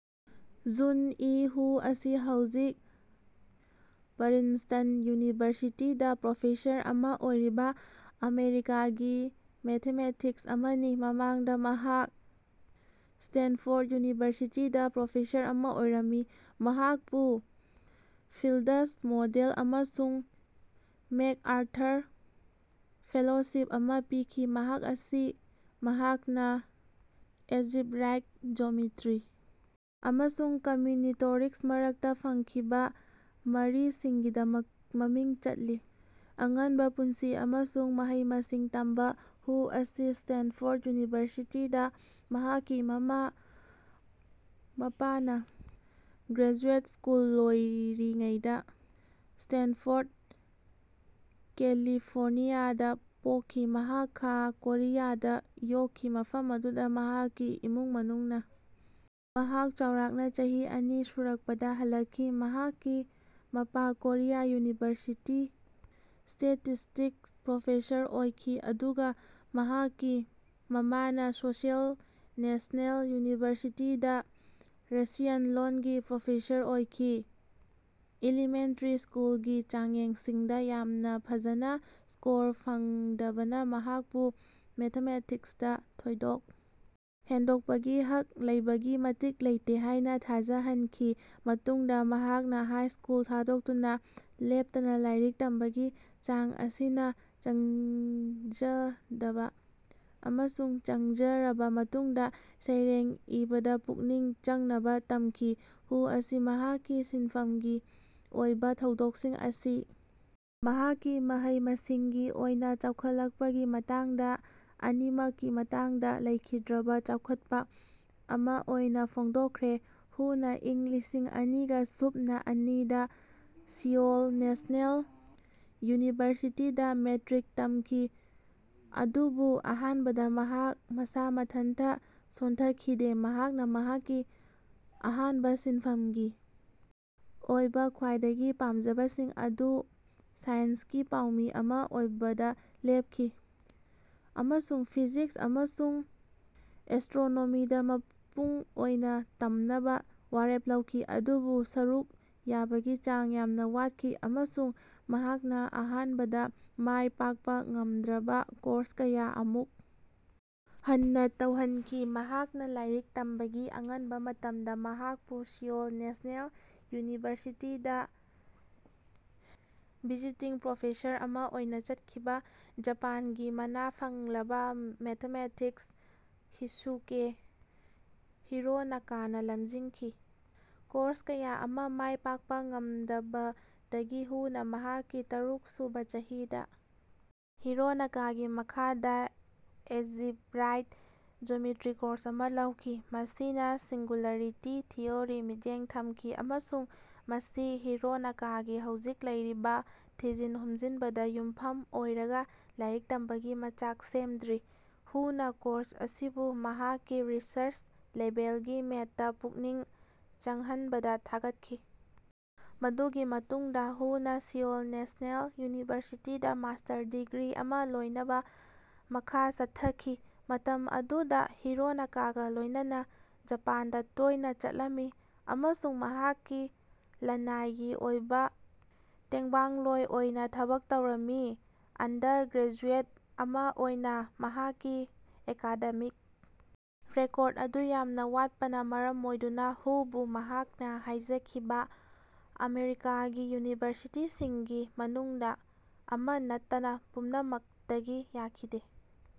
June E Huh ꯑꯁꯤ ꯍꯧꯖꯤꯛ Princeton ꯌꯨꯅꯤꯚꯔꯁꯤꯇꯤꯗꯥ professor ꯑꯃ ꯑꯣꯏꯔꯤꯕ ꯑꯃꯦꯔꯤꯀꯥꯒꯤ ꯃꯦꯊꯦꯃꯦꯇꯤꯁ ꯑꯃꯅꯤ꯫ ꯃꯃꯥꯡꯗ ꯃꯍꯥꯛ ꯁꯇꯦꯟꯐꯣꯔꯠ ꯌꯨꯅꯤꯚꯔꯁꯤꯇꯤꯗꯥ ꯄ꯭ꯔꯣꯐꯦꯁꯔ ꯑꯃ ꯑꯣꯏꯔꯝꯃꯤ꯫ ꯃꯍꯥꯛꯄꯨ ꯐꯤꯜꯗꯁ ꯃꯦꯗꯜ ꯑꯃꯁꯨꯡ ꯃꯦꯛꯑꯥꯔꯊꯔ ꯐꯦꯂꯣꯁꯤꯞ ꯑꯃ ꯄꯤꯈꯤ꯫ ꯃꯍꯥꯛ ꯑꯁꯤ ꯃꯍꯥꯛꯅ ꯑꯦꯖꯤꯕꯔꯥꯏꯛ ꯖꯣꯃꯤꯇ꯭ꯔꯤ ꯑꯃꯁꯨꯡ ꯀꯝꯃꯤꯅꯤꯇꯣꯔꯤꯛꯁ ꯃꯔꯛꯇ ꯐꯪꯈꯤꯕ ꯃꯔꯤꯁꯤꯡꯒꯤꯗꯃꯛ ꯃꯃꯤꯡ ꯆꯠꯂꯤ꯫ ꯑꯉꯟꯕ ꯄꯨꯟꯁꯤ ꯑꯃꯁꯨꯡ ꯃꯍꯩ-ꯃꯁꯤꯡ ꯇꯝꯕ ꯍꯨ ꯑꯁꯤ ꯁ꯭ꯇꯦꯟꯐꯣꯔꯠ ꯌꯨꯅꯤꯚꯔꯁꯤꯇꯤꯗꯥ ꯃꯍꯥꯛꯀꯤ ꯃꯃꯥ-ꯃꯄꯥꯅ ꯒ꯭ꯔꯦꯖꯨꯑꯦꯠ ꯁ꯭ꯀꯨꯜ ꯂꯣꯏꯔꯤꯉꯩꯗ ꯁ꯭ꯇꯦꯟꯐꯣꯔꯠ, ꯀꯦꯂꯤꯐꯣꯔꯅꯤꯌꯥꯗ ꯄꯣꯛꯈꯤ꯫ ꯃꯍꯥꯛ ꯈꯥ ꯀꯣꯔꯤꯌꯥꯗ ꯌꯣꯛꯈꯤ, ꯃꯐꯝ ꯑꯗꯨꯗ ꯃꯍꯥꯛꯀꯤ ꯏꯃꯨꯡ ꯃꯅꯨꯡꯅ ꯃꯍꯥꯛ ꯆꯥꯎꯔꯥꯛꯅ ꯆꯍꯤ ꯑꯅꯤ ꯁꯨꯔꯛꯄꯗ ꯍꯜꯂꯛꯈꯤ꯫ ꯃꯍꯥꯛꯀꯤ ꯃꯄꯥ ꯀꯣꯔꯤꯌꯥ ꯌꯨꯅꯤꯚꯔꯁꯤꯇꯤ ꯁ꯭ꯇꯦꯇꯤꯁꯇꯤꯛꯁ ꯄ꯭ꯔꯣꯐꯦꯁꯔ ꯑꯣꯏꯈꯤ, ꯑꯗꯨꯒ ꯃꯍꯥꯛꯀꯤ ꯃꯃꯥꯅ ꯁꯤꯑꯣꯜ ꯅꯦꯁꯅꯦꯜ ꯌꯨꯅꯤꯚꯔꯁꯤꯇꯤꯗꯥ ꯔꯁꯤꯌꯟ ꯂꯣꯟꯒꯤ ꯄ꯭ꯔꯣꯐꯦꯁꯔ ꯑꯣꯏꯈꯤ꯫ ꯏꯂꯤꯃꯦꯟꯇꯔꯤ ꯁ꯭ꯀꯨꯜꯒꯤ ꯆꯥꯡꯌꯦꯡꯁꯤꯡꯗ ꯌꯥꯝꯅ ꯐꯖꯅ ꯁ꯭ꯀꯣꯔ ꯐꯪꯗꯕꯅ ꯃꯍꯥꯛꯄꯨ ꯃꯦꯊꯥꯃꯦꯇꯤꯛꯁꯇ ꯊꯣꯏꯗꯣꯛ ꯍꯦꯟꯗꯣꯛꯄꯒꯤ ꯍꯛ ꯂꯩꯕꯒꯤ ꯃꯇꯤꯛ ꯂꯩꯇꯦ ꯍꯥꯏꯅ ꯊꯥꯖꯍꯟꯈꯤ꯫ ꯇꯨꯡꯗ ꯃꯍꯥꯛꯅ ꯍꯥꯏ ꯁ꯭ꯀꯨꯜ ꯊꯥꯗꯣꯛꯇꯨꯅ ꯂꯦꯞꯇꯅ ꯂꯥꯏꯔꯤꯛ ꯇꯝꯕꯒꯤ ꯆꯥꯡ ꯑꯁꯤꯅ ꯆꯪꯖꯗꯕ ꯑꯃꯁꯨꯡ ꯆꯪꯖꯔꯕ ꯃꯇꯨꯡꯗ ꯁꯩꯔꯦꯡ ꯏꯕꯗ ꯄꯨꯛꯅꯤꯡ ꯆꯪꯅꯕ ꯇꯝꯈꯤ꯫ ꯍꯨ ꯑꯁꯤ ꯃꯍꯥꯛꯀꯤ ꯁꯤꯟꯐꯝꯒꯤ ꯑꯣꯏꯕ ꯊꯧꯗꯣꯛꯁꯤꯡ ꯑꯁꯤ ꯃꯍꯥꯛꯀꯤ ꯃꯍꯩ-ꯃꯁꯤꯡꯒꯤ ꯑꯣꯏꯅ ꯆꯥꯎꯈꯠꯂꯛꯄꯒꯤ ꯃꯇꯥꯡꯗ ꯑꯅꯤꯃꯛꯀꯤ ꯃꯇꯥꯡꯗ, ꯂꯩꯈꯤꯗ꯭ꯔꯕ ꯆꯥꯎꯈꯠꯄ ꯑꯃ ꯑꯣꯏꯅ ꯐꯣꯡꯗꯣꯛꯈ꯭ꯔꯦ꯫ ꯍꯨꯅ ꯏꯪ ꯂꯤꯁꯤꯡ ꯑꯅꯤꯒꯥ ꯁꯨꯞꯅꯥ ꯑꯅꯤꯗ ꯁꯤꯑꯣꯜ ꯅꯦꯁꯅꯦꯜ ꯌꯨꯅꯤꯚꯔꯁꯤꯇꯤꯗꯥ ꯃꯦꯇ꯭ꯔꯤꯛ ꯇꯝꯈꯤ, ꯑꯗꯨꯕꯨ ꯑꯍꯥꯟꯕꯗ ꯃꯍꯥꯛ ꯃꯁꯥ ꯃꯊꯟꯇ ꯁꯣꯟꯊꯈꯤꯗꯦ꯫ ꯃꯍꯥꯛꯅ ꯃꯍꯥꯛꯀꯤ ꯑꯍꯥꯟꯕ ꯁꯤꯟꯐꯝꯒꯤ ꯑꯣꯏꯕ ꯈ꯭ꯋꯥꯏꯗꯒꯤ ꯄꯥꯝꯖꯕꯁꯤꯡ ꯑꯗꯨ ꯁꯥꯏꯟ꯭ꯁꯀꯤ ꯄꯥꯎꯃꯤ ꯑꯃ ꯑꯣꯏꯕꯗ ꯂꯦꯞꯈꯤ ꯑꯃꯁꯨꯡ ꯐꯤꯖꯤꯛꯁ ꯑꯃꯁꯨꯡ ꯑꯦꯁꯇ꯭ꯔꯣꯅꯣꯃꯤꯗ ꯃꯄꯨꯡ ꯑꯣꯏꯅ ꯇꯝꯅꯕ ꯋꯥꯔꯦꯞ ꯂꯧꯈꯤ, ꯑꯗꯨꯕꯨ ꯁꯔꯨꯛ ꯌꯥꯕꯒꯤ ꯆꯥꯡ ꯌꯥꯝꯅ ꯋꯥꯠꯈꯤ ꯑꯃꯁꯨꯡ ꯃꯍꯥꯛꯅ ꯑꯍꯥꯟꯕꯗ ꯃꯥꯏ ꯄꯥꯛꯄ ꯉꯝꯗ꯭ꯔꯕ ꯀꯣꯔꯁ ꯀꯌꯥ ꯑꯃꯨꯛ ꯍꯟꯅ ꯇꯧꯍꯟꯈꯤ꯫ ꯃꯍꯥꯛꯅ ꯂꯥꯏꯔꯤꯛ ꯇꯝꯕꯒꯤ ꯑꯉꯟꯕ ꯃꯇꯝꯗ ꯃꯍꯥꯛꯄꯨ ꯁꯤꯑꯣꯜ ꯅꯦꯁꯅꯦꯜ ꯌꯨꯅꯤꯚꯔꯁꯤꯇꯤꯗ ꯚꯤꯖꯤꯇꯤꯡ ꯄ꯭ꯔꯣꯐꯦꯁꯔ ꯑꯃ ꯑꯣꯏꯅ ꯆꯠꯈꯤꯕ, ꯖꯄꯥꯟꯒꯤ ꯃꯅꯥ ꯐꯪꯂꯕ ꯃꯦꯊꯥꯃꯦꯇꯤꯛꯁ ꯍꯤꯁꯨꯀꯦ ꯍꯤꯔꯣꯅꯥꯀꯥꯅ ꯂꯝꯖꯤꯡꯈꯤ꯫ ꯀꯣꯔꯁ ꯀꯌꯥ ꯑꯃ ꯃꯥꯏ ꯄꯥꯛꯄ ꯉꯝꯗꯕꯗꯒꯤ ꯍꯨꯅ ꯃꯍꯥꯛꯀꯤ ꯇꯔꯨꯛꯁꯨꯕ ꯆꯍꯤꯗ ꯍꯤꯔꯣꯅꯥꯀꯒꯤ ꯃꯈꯥꯗ ꯑꯦꯖꯤꯕ꯭ꯔꯥꯏꯛ ꯖꯣꯃꯤꯇ꯭ꯔꯤ ꯀꯣꯔꯁ ꯑꯃ ꯂꯧꯈꯤ, ꯃꯁꯤꯅ ꯁꯤꯡꯒꯨꯂꯔꯤꯇꯤ ꯊꯤꯑꯣꯔꯤ ꯃꯤꯠꯌꯦꯡ ꯊꯝꯈꯤ ꯑꯃꯁꯨꯡ ꯃꯁꯤ ꯍꯤꯔꯣꯅꯥꯀꯥꯒꯤ ꯍꯧꯖꯤꯛ ꯂꯩꯔꯤꯕ ꯊꯤꯖꯤꯟ-ꯍꯨꯝꯖꯤꯟꯕꯗ ꯌꯨꯝꯐꯝ ꯑꯣꯏꯔꯒ ꯂꯥꯏꯔꯤꯛ ꯇꯝꯕꯒꯤ ꯃꯆꯥꯛ ꯁꯦꯝꯗ꯭ꯔꯤ꯫ ꯍꯨꯅ ꯀꯣꯔꯁ ꯑꯁꯤꯕꯨ ꯃꯍꯥꯛꯀꯤ ꯔꯤꯁꯔ꯭ꯆ-ꯂꯦꯕꯦꯜꯒꯤ ꯃꯦꯠꯇ ꯄꯨꯛꯅꯤꯡ ꯆꯪꯍꯟꯕꯗ ꯊꯥꯒꯠꯈꯤ꯫ ꯃꯗꯨꯒꯤ ꯃꯇꯨꯡꯗ ꯍꯨꯅ ꯁꯤꯑꯣꯜ ꯅꯦꯁꯅꯦꯜ ꯌꯨꯅꯤꯚꯔꯁꯤꯇꯤꯗ ꯃꯥꯁꯇꯔ ꯗꯤꯒ꯭ꯔꯤ ꯑꯃ ꯂꯣꯏꯅꯕ ꯃꯈꯥ ꯆꯠꯊꯈꯤ, ꯃꯇꯝ ꯑꯗꯨꯗ ꯍꯤꯔꯣꯅꯥꯀꯥꯒ ꯂꯣꯏꯅꯅꯥ ꯖꯄꯥꯟꯗ ꯇꯣꯏꯅ ꯆꯠꯂꯝꯃꯤ ꯑꯃꯁꯨꯡ ꯃꯍꯥꯛꯀꯤ ꯂꯅꯥꯏꯒꯤ ꯑꯣꯏꯕ ꯇꯦꯡꯕꯥꯡꯂꯣꯏ ꯑꯣꯏꯅ ꯊꯕꯛ ꯇꯧꯔꯝꯃꯤ꯫ ꯑꯟꯗꯔ ꯒ꯭ꯔꯦꯖꯨꯑꯦꯠ ꯑꯃ ꯑꯣꯏꯅ ꯃꯍꯥꯛꯀꯤ ꯑꯦꯀꯥꯗꯃꯤꯛ ꯔꯦꯀꯣꯔꯠ ꯑꯗꯨ ꯌꯥꯝꯅ ꯋꯥꯠꯄꯅ ꯃꯔꯝ ꯑꯣꯏꯗꯨꯅ ꯍꯨꯕꯨ ꯃꯍꯥꯛꯅ ꯍꯥꯏꯖꯈꯤꯕ ꯑꯃꯦꯔꯤꯀꯥꯒꯤ ꯌꯨꯅꯤꯚꯔꯁꯤꯇꯤꯁꯤꯡꯒꯤ ꯃꯅꯨꯡꯗ ꯑꯃ ꯅꯠꯇꯅ ꯄꯨꯝꯅꯃꯛꯇꯒꯤ ꯌꯥꯈꯤꯗꯦ꯫